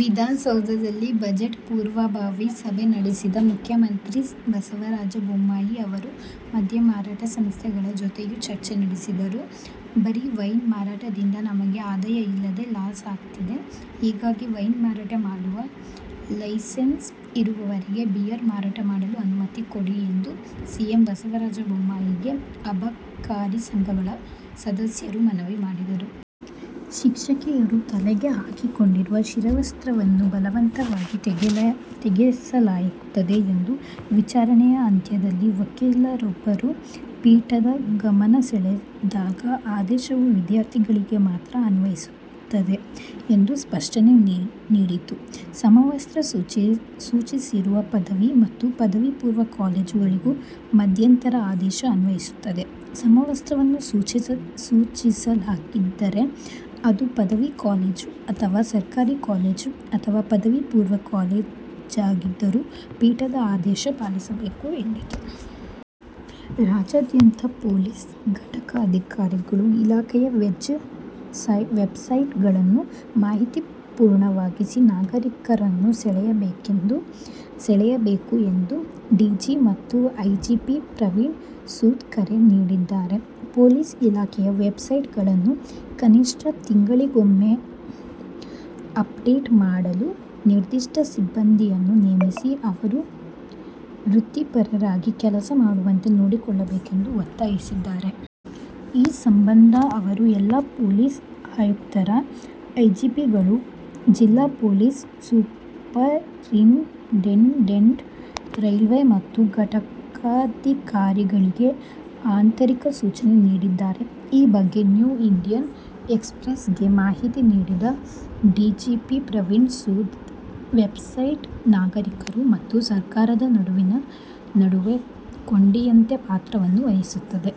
ವಿಧಾನಸೌಧದಲ್ಲಿ ಬಜೆಟ್ ಪೂರ್ವಭಾವಿ ಸಭೆ ನಡೆಸಿದ ಮುಖ್ಯಮಂತ್ರಿ ಬಸವರಾಜ ಬೊಮ್ಮಾಯಿ ಅವರು ಮದ್ಯ ಮಾರಾಟ ಸಂಸ್ಥೆಗಳ ಜೊತೆಯೂ ಚರ್ಚೆ ನಡೆಸಿದರು. ಬರೀ ವೈನ್ ಮಾರಾಟದಿಂದ ನಮಗೆ ಆದಾಯ ಇಲ್ಲದೇ ಲಾಸ್ ಆಗ್ತಿದೆ. ಹೀಗಾಗಿ ವೈನ್ ಮಾರಾಟ ಮಾಡುವ ಲೈಸೆನ್ಸ್ ಇರುವವರಿಗೆ ಬಿಯರ್ ಮಾರಾಟ ಮಾಡಲು ಅನುಮತಿ ಕೊಡಿ ಎಂದು ಸಿಎಂ ಬಸವರಾಜ ಬೊಮ್ಮಯಿ ಗೆ ಅಬಕಾರಿ ಸಂಘಗಳ ಸದಸ್ಯರು ಮನವಿ ಮಾಡಿದರು. ಶಿಕ್ಷಕಿಯರು ತಲೆಗೆ ಹಾಕಿಕೊಂಡಿರುವ ಶಿರವಸ್ತ್ರವನ್ನು ಬಲವಂತವಾಗಿ ತೆಗೆಸಲಾಗುತ್ತಿದೆ ಎಂದು ವಿಚಾರಣೆಯ ಅಂತ್ಯದಲ್ಲಿ ವಕೀಲರೊಬ್ಬರು ಪೀಠದ ಗಮನಸೆಳೆದಾಗ 'ಆದೇಶವು ವಿದ್ಯಾರ್ಥಿಗಳಿಗೆ ಮಾತ್ರ ಅನ್ವಯಿಸುತ್ತದೆ' ಎಂದು ಸ್ಪಷ್ಟನೆ ನೀಡಿತು. ಸಮವಸ್ತ್ರ ಸೂಚಿಸಿರುವ ಪದವಿ ಮತ್ತು ಪದವಿ ಪೂರ್ವ ಕಾಲೇಜುಗಳಿಗೂ ಮಧ್ಯಂತರ ಆದೇಶ ಅನ್ವಯಿಸುತ್ತದೆ. 'ಸಮವಸ್ತ್ರವನ್ನು ಸೂಚಿಸಲಾಗಿದ್ದರೆ ಅದು ಪದವಿ ಕಾಲೇಜು ಅಥವಾ ಸರ್ಕಾರಿ ಕಾಲೇಜು ಅಥವಾ ಪದವಿ ಪೂರ್ವ ಕಾಲೇಜಾಗಿದ್ದರೂ ಪೀಠದ ಆದೇಶ ಪಾಲಿಸಬೇಕು' ಎಂದಿತು. ರಾಜ್ಯಾದ್ಯಂತ ಪೊಲೀಸ್ ಘಟಕ ಅಧಿಕಾರಿಗಳು ಇಲಾಖೆಯ ವೆಬ್ ಸೈಟ್ ಗಳನ್ನು ಮಾಹಿತಿ ಪೂರ್ಣವಾಗಿಸಿ ನಾಗರಿಕರನ್ನು ಸೆಳೆಯಬೇಕು ಎಂದು ಡಿಜಿ ಮತ್ತು ಐಜಿಪಿ ಪ್ರವೀಣ್ ಸೂದ್ ಕರೆ ನೀಡಿದ್ದಾರೆ. ಪೊಲೀಸ್ ಇಲಾಖೆಯ ವೆಬ್ ಸೈಟ್ ಗಳನ್ನು ಕನಿಷ್ಠ ತಿಂಗಳಿಗೊಮ್ಮೆ ಅಪ್ ಡೇಟ್ ಮಾಡಲು ನಿರ್ದಿಷ್ಟ ಸಿಬ್ಬಂದಿಯನ್ನು ನೇಮಿಸಿ ಅವರು ವೃತ್ತಿಪರರಾಗಿ ಕೆಲಸ ಮಾಡುವಂತೆ ನೋಡಿಕೊಳ್ಳಬೇಕೆಂದು ಒತ್ತಾಯಿಸಿದ್ದಾರೆ. ಈ ಸಂಬಂಧ ಅವರು ಎಲ್ಲಾ ಪೊಲೀಸ್ ಆಯುಕ್ತರು, ಐಜಿಪಿಗಳು, ಜಿಲ್ಲಾ ಪೊಲೀಸ್ ಸೂಪರಿಂಟೆಂಡೆಂಟ್, ರೈಲ್ವೆ ಮತ್ತು ಘಟಕಾಧಿಕಾರಿಗಳಿಗೆ ಆಂತರಿಕ ಸೂಚನೆ ನೀಡಿದ್ದಾರೆ. ಈ ಬಗ್ಗೆ ನ್ಯೂ ಇಂಡಿಯನ್ ಎಕ್ಸ್ ಪ್ರೆಸ್ ಗೆ ಮಾಹಿತಿ ನೀಡಿದ ಡಿಜಿಪಿ ಪ್ರವೀಣ್ ಸೂದ್, ವೆಬ್ಸೈಟ್ ನಾಗರಿಕರು ಮತ್ತು ಸರ್ಕಾರದ ನಡುವಿನ ನಡುವೆ ಕೊಂಡಿಯಂತೆ ಪಾತ್ರವನ್ನು ವಹಿಸುತ್ತದೆ.